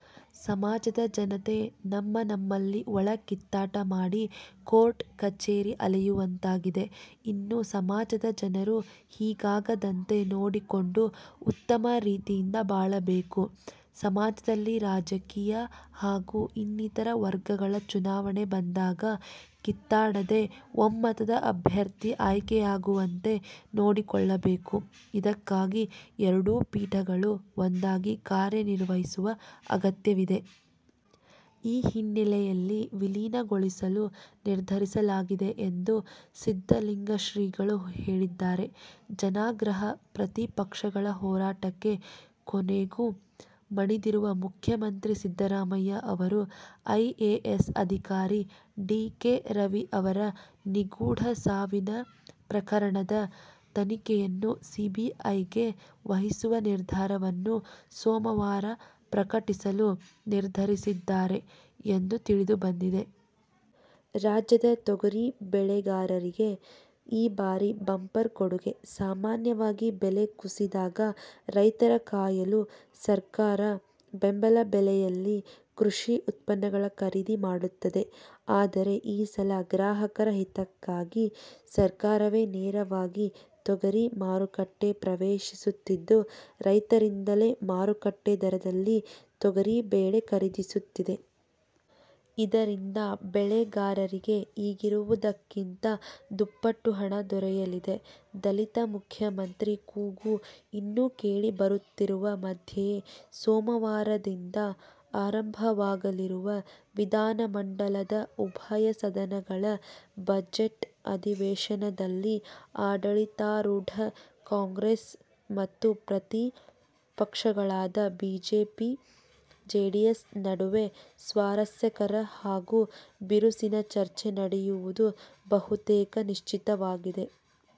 ಸಮಾಜದ ಜನತೆ ನಮ್ಮ ನಮ್ಮಲ್ಲಿ ಒಳ ಕಿತ್ತಾಟ ಮಾಡಿ ಕೋರ್ಟ್, ಕಚೇರಿ ಅಲೆಯುವಂತಾಗಿದೆ. ಇನ್ನು ಸಮಾಜದ ಜನರು ಹೀಗಾಗದಂತೆ ನೋಡಿಕೊಂಡು ಉತ್ತಮ ರೀತಿಯಿಂದ ಬಾಳಬೇಕು. ಸಮಾಜದಲ್ಲಿ ರಾಜಕೀಯ ಹಾಗೂ ಇನ್ನಿತರ ವರ್ಗಗಳ ಚುನಾವಣೆ ಬಂದಾಗ ಕಿತ್ತಾಡದೆ ಒಮ್ಮತದ ಅಭ್ಯರ್ಥಿ ಆಯ್ಕೆಯಾಗುವಂತೆ ನೋಡಿಕೊಳ್ಳಬೇಕು. ಇದಕ್ಕಾಗಿ ಎರಡೂ ಪೀಠಗಳು ಒಂದಾಗಿ ಕಾರ್ಯನಿರ್ವಹಿಸುವ ಅಗತ್ಯವಿದೆ. ಈ ಹಿನ್ನೆಲೆಯಲ್ಲಿ ವಿಲೀನಗೊಳಿಸಲು ನಿರ್ಧರಿಸಲಾಗಿದೆ ಎಂದು ಸಿದ್ದಲಿಂಗಶ್ರೀಗಳು ಹೇಳಿದ್ದಾರೆ. ಜನಾಗ್ರಹ, ಪ್ರತಿಪಕ್ಷಗಳ ಹೋರಾಟಕ್ಕೆ ಕೊನೆಗೂ ಮಣಿದಿರುವ ಮುಖ್ಯಮಂತ್ರಿ ಸಿದ್ದರಾಮಯ್ಯ ಅವರು, ಐಎಎಸ್ ಅಧಿಕಾರಿ ಡಿ. ಕೆ. ರವಿ ಅವರ ನಿಗೂಢ ಸಾವಿನ ಪ್ರಕರಣದ ತನಿಖೆಯನ್ನು ಸಿಬಿಐಗೆ ವಹಿಸುವ ನಿರ್ಧಾರವನ್ನು ಸೋಮವಾರ ಪ್ರಕಟಿಸಲು ನಿರ್ಧರಿಸಿದ್ದಾರೆ ಎಂದು ತಿಳಿದುಬಂದಿದೆ. ರಾಜ್ಯದ ತೊಗರಿ ಬೆಳೆಗಾರರಿಗೆ ಈ ಬಾರಿ ಬಂಪರ್ ಕೊಡುಗೆ! ಸಾಮಾನ್ಯವಾಗಿ ಬೆಲೆ ಕುಸಿದಾಗ ರೈತರ ಕಾಯಲು ಸರ್ಕಾರ ಬೆಂಬಲ ಬೆಲೆಯಲ್ಲಿ ಕೃಷಿ ಉತ್ಪನ್ನಗಳ ಖರೀದಿ ಮಾಡುತ್ತದೆ. ಆದರೆ, ಈ ಸಲ ಗ್ರಾಹಕರ ಹಿತಕ್ಕಾಗಿ ಸರ್ಕಾರವೇ ನೇರವಾಗಿ ತೊಗರಿ ಮಾರುಕಟ್ಟೆ ಪ್ರವೇಶಿಸುತ್ತಿದ್ದು, ರೈತರಿಂದಲೇ ಮಾರುಕಟ್ಟೆ ದರದಲ್ಲಿ ತೊಗರಿಬೇಳೆ ಖರೀದಿಸುತ್ತಿದೆ. ಇದರಿಂದ ಬೆಳೆಗಾರರಿಗೆ ಈಗಿರುವುದಕ್ಕಿಂತ ದುಪ್ಪಟ್ಟು ಹಣ ದೊರೆಯಲಿದೆ. ದಲಿತ ಮುಖ್ಯಮಂತ್ರಿ ಕೂಗು ಇನ್ನೂ ಕೇಳಿಬರುತ್ತಿರುವ ಮಧ್ಯೆಯೇ ಸೋಮವಾರದಿಂದ ಆರಂಭವಾ ಗಲಿರುವ ವಿಧಾನಮಂಡಲದ ಉಭಯ ಸದನಗಳ ಬಜೆಟ್ ಅಧಿವೇಶನದಲ್ಲಿ ಆಡಳಿತಾರೂಢ ಕಾಂಗ್ರೆಸ್ ಮತ್ತು ಪ್ರತಿಪಕ್ಷಗಳಾದ ಬಿಜೆಪಿ-ಜೆಡಿಎಸ್ ನಡುವೆ ಸ್ವಾರಸ್ಯಕರ ಹಾಗೂ ಬಿರುಸಿನ ಚರ್ಚೆ ನಡೆಯುವುದು ಬಹುತೇಕ ನಿಶ್ಚಿತವಾಗಿದೆ.